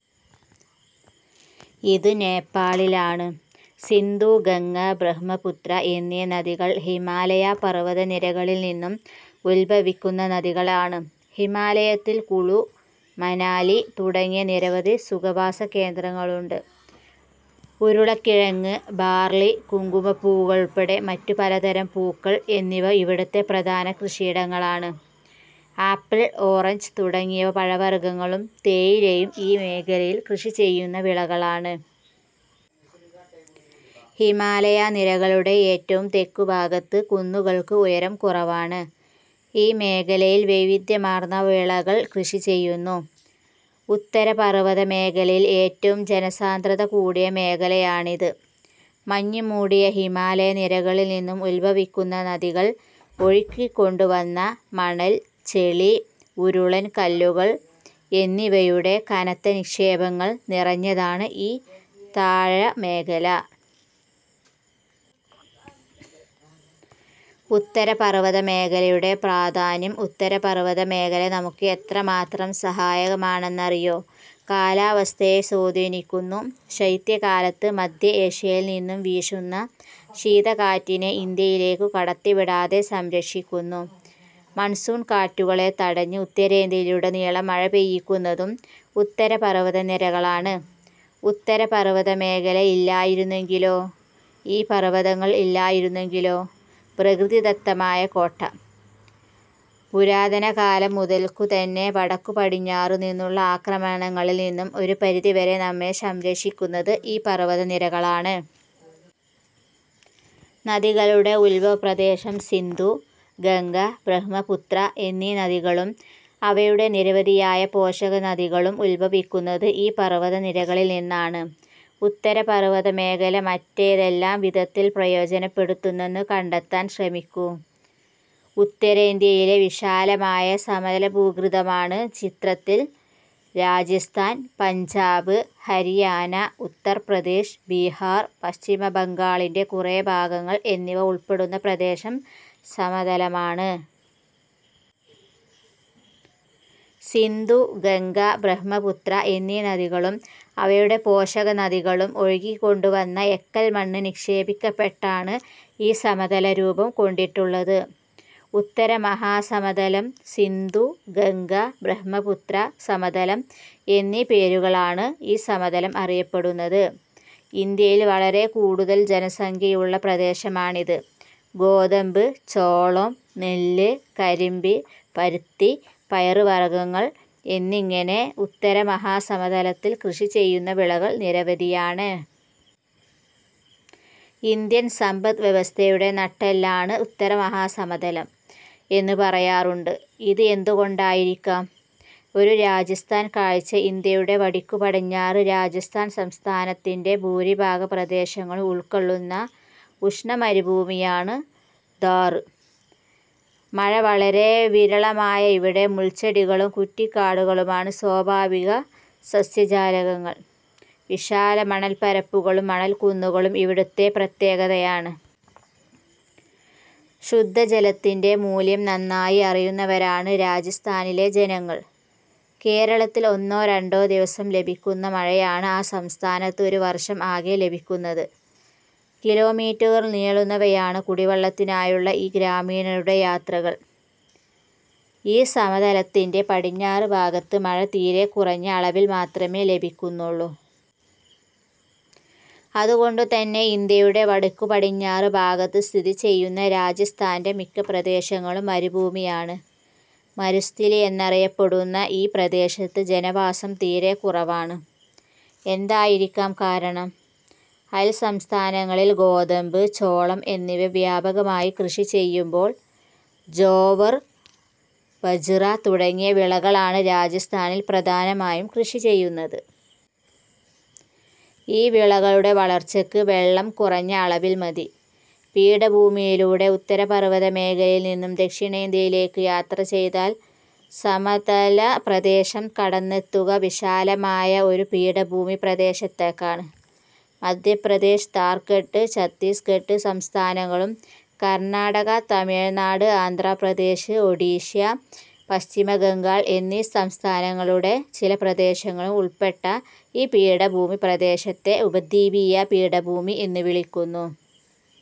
ഇത് നേപ്പാളിലാണ്. സിന്ധു, ഗംഗ, ബ്രഹ്മപുത്ര എന്നീ നദികൾ ഹിമാലയ പർവ്വതനിരകളിൽ നിന്നും ഉത്ഭവിക്കുന്ന നദികളാണ്. ഹിമാലയത്തിൽ കുളു, മനാലി തുടങ്ങിയ നിരവധി സുഖവാസ കേന്ദ്രങ്ങളുണ്ട്. ഉരുളക്കിഴങ്ങ്, ബാർളി, കുങ്കുമപ്പൂവുൾപ്പെടെ മറ്റു പലതരം പൂക്കൾ എന്നിവ ഇവിടത്തെ പ്രധാന കൃഷിയിനങ്ങളാണ്. ആപ്പിൾ, ഓറഞ്ച് തുടങ്ങിയ പഴവർഗ്ഗങ്ങളും തേയിലയും ഈ മേഖലയിൽ കൃഷിചെയ്യുന്ന വിളകളാണ്. ഹിമാലയ നിരകളുടെ ഏറ്റവും തെക്കുഭാഗത്ത് കുന്നുകൾക്ക് ഉയരം കുറവാണ്. ഈ മേഖലയിൽ വൈവിധ്യമാർന്ന വിളകൾ കൃഷിചെയ്യുന്നു. ഉത്തരപർവ്വത മേഖലയിൽ ഏറ്റവും ജനസാന്ദ്രത കൂടിയ മേഖലയാണിത്. മഞ്ഞുമൂടിയ ഹിമാലയ നിരകളിൽനിന്നും ഉത്ഭവിക്കുന്ന നദികൾ ഒഴുക്കിക്കൊണ്ടുവന്ന മണൽ, ചെളി, ഉരുളൻ കല്ലുകൾ എന്നിവയുടെ കനത്ത നിക്ഷേപങ്ങൾ നിറഞ്ഞതാണ് ഈ താഴ്വാരമേഖല. ഉത്തരപർവതമേഖലയുടെ പ്രാധാന്യം ഉത്തരപർവതമേഖല നമുക്ക് എത്രമാത്രം സഹായകമാണെന്നറിയൊ? കാലാവസ്ഥയെ സ്വാധീനിക്കുന്നു. ശൈത്യകാലത്ത് മധ്യ ഏഷ്യയിൽ നിന്നും വീശുന്ന ശീതക്കാറ്റിനെ ഇന്ത്യയിലേക്കു കടത്തിവിടാതെ സംരക്ഷിക്കുന്നു. മൺസൂൺ കാറ്റുകളെ തടഞ്ഞ് ഉത്തരേന്ത്യയിലുടനീളം മഴപെയ്യിക്കുന്നതും ഉത്തരപർവതനിരകളാണ്. ഉത്തരപർവതമേഖല ഇല്ലായിരുന്നെങ്കിലോ? ഈ പർവതങ്ങൾ ഇല്ലായിരുന്നെങ്കിലോ? പ്രകൃതിദത്തമായ കോട്ട. പുരാതനകാലം മുതൽക്കുതന്നെ വടക്കുപടിഞ്ഞാറുനിന്നുള്ള ആക്രമണങ്ങളിൽ നിന്നും ഒരു പരിധിവരെ നമ്മെ സംരക്ഷിക്കുന്നത് ഈ പർവതനിരകളാണ്. നദികളുടെ ഉത്ഭവപ്രദേശം സിന്ധു, ഗംഗ, ബ്രഹ്മപുത്ര എന്നീ നദികളും അവയുടെ നിരവധിയായ പോഷകനദികളും ഉത്ഭവിക്കുന്നത് ഈ പർവതനിരകളിൽനിന്നാണ്. ഉത്തര പർവത മേഖല മറ്റേതെല്ലാം വിധത്തിൽ പ്രയോജനപ്പെടുന്നുണ്ടെന്ന് കണ്ടെത്താൻ ശ്രമിക്കു. ഉത്തരേന്ത്യയിലെ വിശാലമായ സമതലഭൂപ്രകൃതിയാണ് ചിത്രത്തിൽ. രാജസ്ഥാൻ, പഞ്ചാബ്, ഹരിയാന, ഉത്തർപ്രദേശ്, ബീഹാർ, പശ്ചിമബംഗാളിന്റെ കുറേ ഭാഗങ്ങൾ എന്നിവ ഉൾപ്പെടുന്ന പ്രദേശം സമതലമാണ്. സിന്ധു, ഗംഗ, ബ്രഹ്മപുത്ര എന്നീ നദികളും അവയുടെ പോഷകനദികളും ഒഴുക്കിക്കൊണ്ടുവന്ന എക്കൽമണ്ണ് നിക്ഷേപിക്കപ്പെട്ടാണ് ഈ സമതലം രൂപം കൊണ്ടിട്ടുള്ളത്. ഉത്തര മഹാസമതലം, സിന്ധു-ഗംഗ-ബ്രഹ്മപുത്ര സമതലം എന്നീ പേരുകളിലാണ് ഈ സമതലം അറിയപ്പെടുന്നത്. ഇന്ത്യയിൽ വളരെക്കൂടുതൽ ജനസംഖ്യയുള്ള പ്രദേശമാണിത്. ഗോതമ്പ്, ചോളം, നെല്ല്, കരിമ്പ്, പരുത്തി, പയറുവർഗങ്ങൾ എന്നിങ്ങനെ ഉത്തരമഹാ സമതലത്തിൽ കൃഷിചെയ്യുന്ന വിളകൾ നിരവധിയാണ്. ഇന്ത്യൻ സമ്പദ് വ്യവസ്ഥയുടെ നട്ടെല്ലാണ് ഉത്തരമഹാസമതലം എന്നു പറയാറുണ്ട്. ഇത് എന്തുകൊണ്ടായിരിക്കാം? ഒരു രാജസ്ഥാൻ കാഴ്ച ഇന്ത്യയുടെ വടക്കുപടിഞ്ഞാറ് രാജസ്ഥാൻ സംസ്ഥാനത്തിന്റെ ഭൂരിഭാഗം പ്രദേശങ്ങളും ഉൾക്കൊള്ളുന്ന ഉഷ്ണമരുഭൂമിയാണ് ഥാർ. മഴ വളരെ വിരളമായ ഇവിടെ മുൾച്ചെടികളും കുറ്റി കാടുകളുമാണ് സ്വാഭാവിക സസ്യജാലകങ്ങൾ. വിശാല മണൽപരപ്പുകളും മണൽക്കുന്നുകളും ഇവിടത്തെ പ്രത്യേകതയാണ്. ശുദ്ധജലത്തിന്റെ മൂല്യം നന്നായി അറിയുന്നവരാണ് രാജസ്ഥാനിലെ ജനങ്ങൾ. കേരളത്തിൽ ഒന്നോ രണ്ടോ ദിവസം ലഭിക്കുന്ന മഴയാണ് ആ സംസ്ഥാനത്ത് ഒരു വർഷം ആകെ ലഭിക്കുന്നത്. കിലോ മീറ്ററുകൾ നീളുന്നവയാണ് കുടിവെള്ളത്തിനായുള്ള ഈ ഗ്രാമീണരുടെ യാത്രകൾ. ഈ സമതലത്തിന്റെ പടിഞ്ഞാറ് ഭാഗത്ത് മഴ തീരെക്കുറഞ്ഞ അളവിൽ മാത്രമേ ലഭിക്കുന്നുള്ളൂ. അതുകൊണ്ടുതന്നെ ഇന്ത്യയുടെ വടക്കുപടിഞ്ഞാറ് ഭാഗത്ത് സ്ഥിതി ചെയ്യുന്ന രാജസ്ഥാന്റെ മിക്ക പ്രദേശങ്ങളും മരുഭൂമിയാണ്. മരുസ്ഥലി എന്നറിയപ്പെടുന്ന ഈ പ്രദേശത്ത് ജനവാസം തീരെക്കുറവാണ്. എന്തായിരിക്കാം കാരണം? അയൽസംസ്ഥാനങ്ങളിൽ ഗോതമ്പ്, ചോളം എന്നിവ വ്യാപകമായി കൃഷി ചെയ്യുമ്പോൾ ജോവർ, ബജ്റ തുടങ്ങിയ വിളകളാണ് രാജസ്ഥാനിൽ പ്രധാനമായും കൃഷി ചെയ്യുന്നത്. ഈ വിളകളുടെ വളർച്ചയ്ക്ക് വെള്ളം കുറഞ്ഞ അളവിൽ മതി. പീഠഭൂമിയിലൂടെ ഉത്തരപർവ്വതമേഖലയിൽ നിന്നും ദക്ഷിണേന്ത്യയിലേക്ക് യാത്ര ചെയ്താൽ സമതല പ്രദേശം കടന്നെത്തുക വിശാലമായ ഒരു പീഠഭൂമിപ്രദേശത്തേക്കാണ്. മധ്യപ്രദേശ്, ഝാർഖണ്ഡ്, ഛത്തീസ് ഗഢ് സംസ്ഥാനങ്ങളും കർണാടക, തമിഴ്നാട്, ആന്ധ്രാപ്രദേശ്, ഒഡിഷ, പശ്ചിമബംഗാൾ എന്നീ സംസ്ഥാനങ്ങളുടെ ചില പ്രദേശങ്ങളും ഉൾപ്പെട്ട ഈ പീഠഭൂമി പ്രദേശത്തെ ഉപദ്വീപീയ പീഠഭൂമി എന്നു വിളിക്കുന്നു.